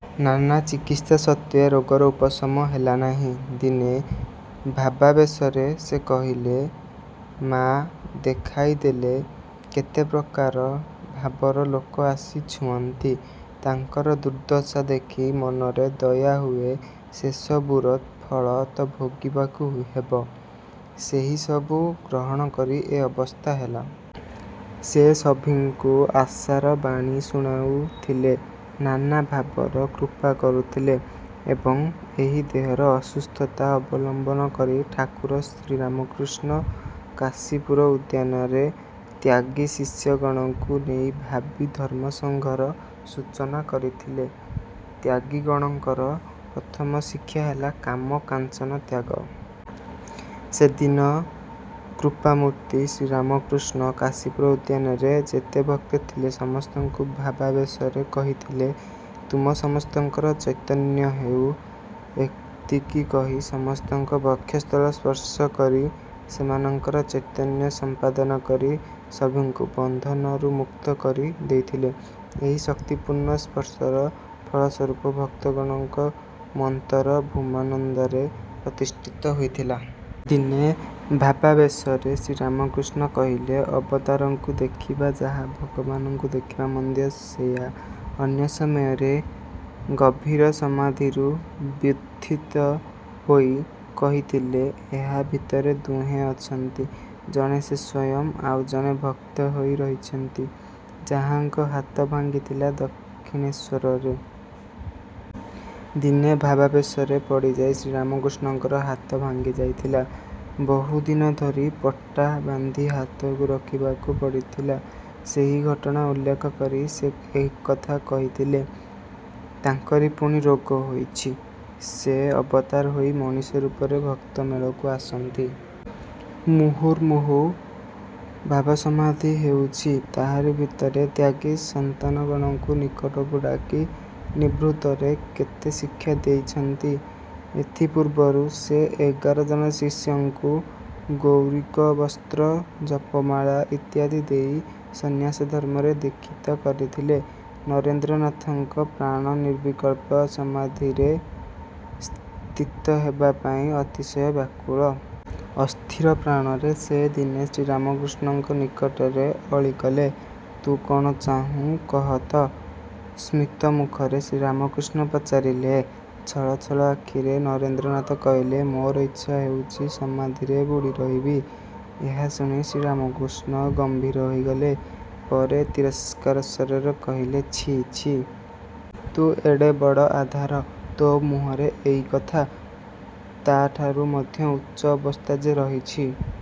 ନାନା ଚିକିତ୍ସା ସତ୍ତ୍ୱେ ରୋଗର ଉପଶମ ହେଲା ନାହିଁ। ଦିନେ ଭାବାବେଶରେ ସେ କହିଲେ ମା ଦେଖାଇ ଦେଲେ କେତେ ପ୍ରକାର ଭାବର ଲୋକ ଆସି ଛୁଅଁନ୍ତି ତାଙ୍କର ଦୁର୍ଦ୍ଦଶା ଦେଖି ମନରେ ଦୟା ହୁଏ ସେସବୁର ଫଳ ତ ଭୋଗିବାକୁ ହେବ। ସେହିସବୁ ଗ୍ରହଣ କରି ଏ ଅବସ୍ଥା ହେଲା। ସେ ସଭିଙ୍କୁ ଆଶାର ବାଣୀ ଶୁଣାଉଥିଲେ ନାନା ଭାବର କୃପା କରୁଥିଲେ ଏବଂ ଏହି ଦେହର ଅସୁସ୍ଥତା ଅବଲମ୍ବନ କରି ଠାକୁର ଶ୍ରୀରାମକୃଷ୍ଣ କାଶୀପୁର ଉଦ୍ୟାନରେ ତ୍ୟାଗୀ ଶିଷ୍ୟଗଣଙ୍କୁ ନେଇ ଭାବୀ ଧର୍ମସଂଘର ସୂଚନା କରିଥିଲେ। ତ୍ୟାଗୀଗଣଙ୍କର ପ୍ରଥମ ଶିକ୍ଷା ହେଲା କାମ କାଞ୍ଚନ ତ୍ୟାଗ। ସେଦିନ କୃପାମୂର୍ତ୍ତି ଶ୍ରୀରାମକୃଷ୍ଣ କାଶୀପୁର ଉଦ୍ୟାନରେ ଯେତେ ଭକ୍ତ ଥିଲେ ସମସ୍ତଙ୍କୁ ଭାବାବେଶରେ କହିଥିଲେ ତୁମ ସମସ୍ତଙ୍କର ଚୈତନ୍ୟ ହେଉ। ଏତିକି କହି ସମସ୍ତଙ୍କ ବକ୍ଷସ୍ଥଳ ସ୍ପର୍ଶ କରି ସେମାନଙ୍କର ଚୈତନ୍ୟ ସମ୍ପାଦନ କରି ସଭିଙ୍କୁ ବନ୍ଧନରୁ ମୁକ୍ତ କରି ଦେଇଥିଲେ। ଏହି ଶକ୍ତିପୂର୍ଣ୍ଣ ସ୍ପର୍ଶର ଫଳସ୍ୱରୂପ ଭକ୍ତଗଣଙ୍କ ମନ୍ତର ଭୂମାନନ୍ଦରେ ପ୍ରତିଷ୍ଠିତ ହୋଇଥିଲା। ଦିନେ ଭାବାବେଶରେ ଶ୍ରୀରାମକୃଷ୍ଣ କହିଲେ ଅବତାରଙ୍କୁ ଦେଖିବା ଯାହା ଭଗବାନଙ୍କୁ ଦେଖିବା ମଧ୍ୟ ସେଇଆ। ଅନ୍ୟ ସମୟରେ ଗଭୀର ସମାଧିରୁ ବ୍ୟୁଥିତ ହୋଇ କହିଥିଲେ ଏହା ଭିତରେ ଦୁହେଁ ଅଛନ୍ତି ଜଣେ ସେ ସ୍ୱୟଂ ଆଉ ଜଣେ ଭକ୍ତ ହୋଇ ରହିଛନ୍ତି ଯାହାଙ୍କ ହାତ ଭାଙ୍ଗିଥିଲା ଦକ୍ଷିଣେଶ୍ୱରରେ। ଦିନେ ଭାବାବେଶରେ ପଡ଼ିଯାଇ ଶ୍ରୀରାମକୃଷ୍ଣଙ୍କର ହାତ ଭାଙ୍ଗିଯାଇଥିଲା। ବହୁ ଦିନ ଧରି ପଟା ବାନ୍ଧି ହାତକୁ ରଖିବାକୁ ପଡ଼ିଥିଲା। ସେହି ଘଟଣା ଉଲ୍ଲେଖ କରି ସେ ଏକଥା କହିଥିଲେ। ତାଙ୍କରି ପୁଣି ରୋଗ ହୋଇଛି। ସେ ଅବତାର ହୋଇ ମଣିଷ ରୂପରେ ଭକ୍ତ ମେଳକୁ ଆସନ୍ତି। ମୁହୁର୍ମୁହୁ ଭାବସମାଧି ହେଉଛି ତାହାରି ଭିତରେ ତ୍ୟାଗୀ ସନ୍ତାନଗଣଙ୍କୁ ନିକଟକୁ ଡାକି ନିବ୍ରୁତରେ କେତେ ଶିକ୍ଷା ଦେଇଛନ୍ତି। ଏଥିପୂର୍ବରୁ ସେ ଏଗାର ଜଣ ଶିଷ୍ୟଙ୍କୁ ଗୈରିକବସ୍ତ୍ର ଜପମାଳା ଇତ୍ୟାଦି ଦେଇ ସନ୍ନ୍ୟାସଧର୍ମରେ ଦୀକ୍ଷିତ କରିଥିଲେ। ନରେନ୍ଦ୍ରନାଥଙ୍କ ପ୍ରାଣ ନିର୍ବିକଳ୍ପ ସମାଧିରେ ସ୍ଥିତ ହେବା ପାଇଁ ଅତିଶୟ ବ୍ୟାକୁଳ। ଅସ୍ଥିର ପ୍ରାଣରେ ସେ ଦିନେ ଶ୍ରୀରାମକୃଷ୍ଣଙ୍କ ନିକଟରେ ଅଳି କଲେ। ତୁ କଅଣ ଚାହୁଁ କହ ତ। ସ୍ମିତମୁଖରେ ଶ୍ରୀରାମକୃଷ୍ଣ ପଚାରିଲେ। ଛଳ ଛଳ ଆଖିରେ ନରେନ୍ଦ୍ରନାଥ କହିଲେ ମୋର ଇଚ୍ଛା ହେଉଛି ସମାଧିରେ ବୁଡ଼ି ରହିବି। ଏହା ଶୁଣି ଶ୍ରୀରାମକୃଷ୍ଣ ଗମ୍ଭୀର ହୋଇଗଲେ। ପରେ ତିରସ୍କାର ସ୍ୱରରେ କହିଲେ ଛି ଛି। ତୁ ଏତେ ବଡ଼ ଆଧାର। ତୋ ମୁହଁରେ ଏଇ କଥା। ତାଠାରୁ ମଧ୍ୟ ଉଚ୍ଚ ଅବସ୍ଥା ଯେ ରହିଛି।